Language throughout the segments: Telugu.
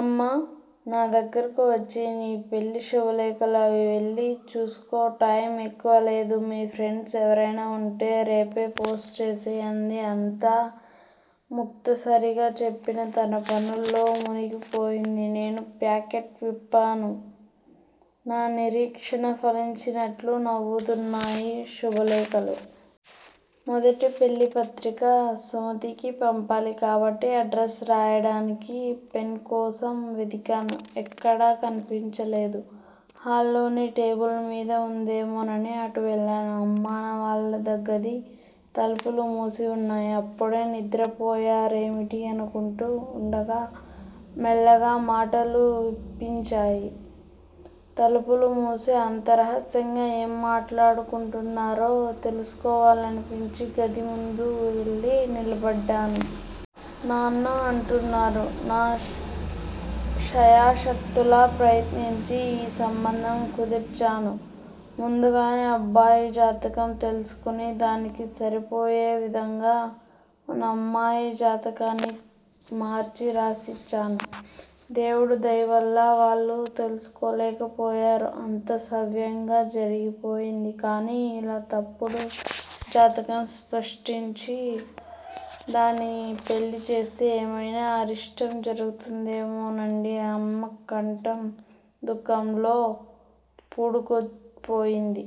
అమ్మ నా దగ్గరకు వచ్చి నీ పెళ్ళి శుభలేఖలు అవి వెళ్ళి చూసుకో టైమ్ ఎక్కువ లేదు. మీ ఫ్రెండ్స్ ఎవరైనా వుంటే రేపే పోస్ట్ చేసెయ్ అంది. అంతా ముక్తసరిగా చెప్పి తన పనుల్లో మునిగిపోయింది. నేను ప్యాకెట్ విప్పాను నా నిరీక్షణ ఫలించినట్లు నవ్వుతున్నాయి శుభలేఖలు. మొదటి పెళ్ళిపత్రిక సుమతికి పంపాలి కాబట్టి అడ్రస్ రాయడానికి పెన్ కోసం వెదికాను ఎక్కడా కనిపించలేదు. హాల్లోని టేబుల్ మీద వుందేమోనని అటు వెళ్ళాను. అమ్మా వాళ్ళ గది తలుపులు మూసి వున్నాయి. అప్పుడే నిద్రపోయారేమిటి అనుకుంటూ వుండగా మెల్లగా మాటలు విన్పించాయి. తలుపులు మూసి అంత రహస్యంగా ఏం మాట్లాడుకుంటున్నారో తెలుసుకోవాలనిపించి గది ముందు కెళ్ళి నిలబడ్డాను. నాన్న అంటున్నారు- నా శాయశక్తులా ప్రయత్నించి ఈ సంబంధం కుదిర్చాను. ముందుగానే అబ్బాయి జాతకం తెలుసుకుని, దానికి సరిపోయే విధంగా మన అమ్మాయి జాతకాన్ని మార్చి రాసిచ్చాను. దేవుడి దయవల్ల వాళ్ళు తెలుసుకోలేకపోయారు. అంతా సవ్యంగా జరిగిపోయింది. కానీ ఇలా తప్పుడు జాతకం సృష్టించి దాని పెళ్ళి చేస్తే ఏమైనా అరిష్టం జరుగుతుందేమోనండీ అమ్మ కంఠం దుఃఖంతో పూడుకుపోయింది.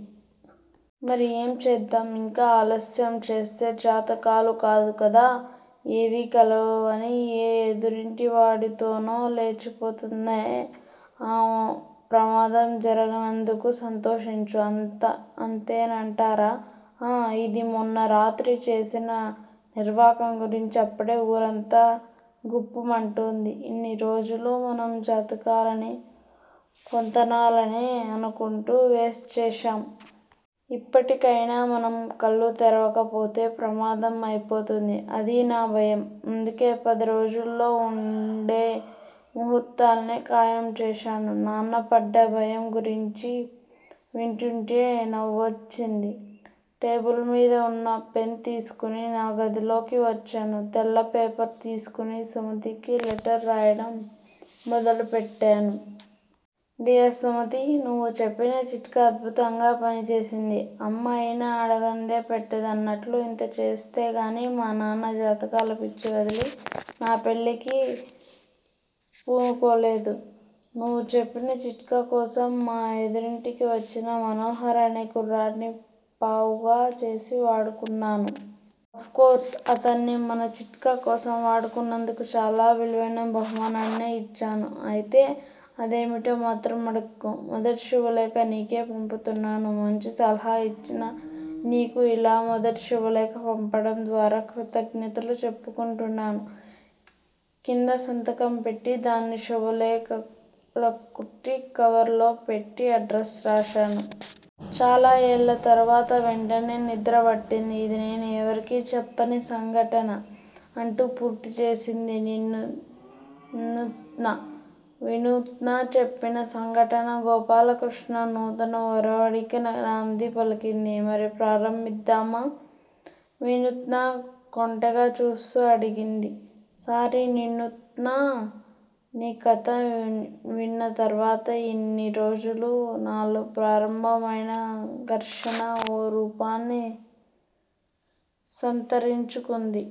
మరి ఏం చేద్దాం? ఇంకా ఆలస్యం చేస్తే జాతకాలు కాదు కదా ఏవీ కలవని ఏ ఎదురింటివాడితోనో లేచిపోతుంది. ఆ ప్రమాదం జరగనందుకు సంతోషించు. అంతేనంటారా? ఆఁ ఇది మొన్న రాత్రి చేసిన నిర్వాకం గురించి అప్పుడే ఊరంతా గుప్పుమంటోంది. ఇన్ని రోజులూ మనం జాతకాలనీ, పొంతనలనీ అనుకుంటూ వేస్ట్ చేశాం. ఇప్పటికయినా మనం కళ్ళు తెరవక పోతే ప్రమాదం అయిపోతుంది. అదీ నా భయం. అందుకే పదిరోజుల్లో వుండే ముహూర్తాన్నే ఖాయం చేశాను. నాన్న పడ్డ భయం గురించి వింటుంటే నవ్వొచ్చింది. టేబుల్ మీద వున్న పెన్ తీసుకుని నా గదిలోకి వచ్చాను. తెల్ల పేపర్ తీసుకుని సుమతికి లెటర్ రాయడం మొదలుపెట్టాను. డియర్ సుమతీ! నువ్వు చెప్పిన చిట్కా అద్బుతంగా పనిచేసింది. అమ్మ అయినా అడగందే పెట్టదు అన్నట్లు ఇంత చేస్తేగానీ మా నాన్న జాతకాల పిచ్చి వదిలి నా పెళ్ళికి పూనుకోలేదు. నువ్వు చెప్పిన చిట్కా కోసం మా ఎదురింటికి వచ్చిన మనోహర్ అనే కుర్రాడ్ని పావుగా చేసి వాడుకున్నాను. అఫ్ కోర్స్ అతన్ని మన చిట్కా కోసం వాడుకున్నందుకు చాలా విలువైన బహుమానాన్నే ఇచ్చాను. అయితే అదేమిటో మాత్రం అడక్కు. మొదటి శుభలేఖ నీకే పంపుతున్నాను. మంచి సలహా ఇచ్చిన నీకు ఇలా మొదటి శుభలేఖ పంపడం ద్వారా కృతజ్ఞతలు చెప్పుకుంటున్నాను. కింద సంతకం పెట్టి దాన్ని శుభలేఖలకు కుట్టి, కవర్ లో పెట్టి అడ్రస్ రాశాను. చాలా ఏళ్ల తరువాత వెంటనే నిద్ర పట్టింది. ఇది నేను ఎవరికీ చెప్పని సంఘటన అంటూ పూర్తి చేసింది వినూత్న. వినూత్న చెప్పిన సంఘటన గోపాలకృష్ణ నూతన ఒరవడికి నాంది పలికింది. మరి ప్రారంభిద్దామా? వినూత్న కొంటెగా చూస్తూ అడిగింది. సారీ వినూత్నా! నీ కథ విన్న తర్వాత ఇన్ని రోజులూ నాలో ప్రారంభమైన ఘర్షణ ఓ రూపాన్ని సంతరించుకుంది.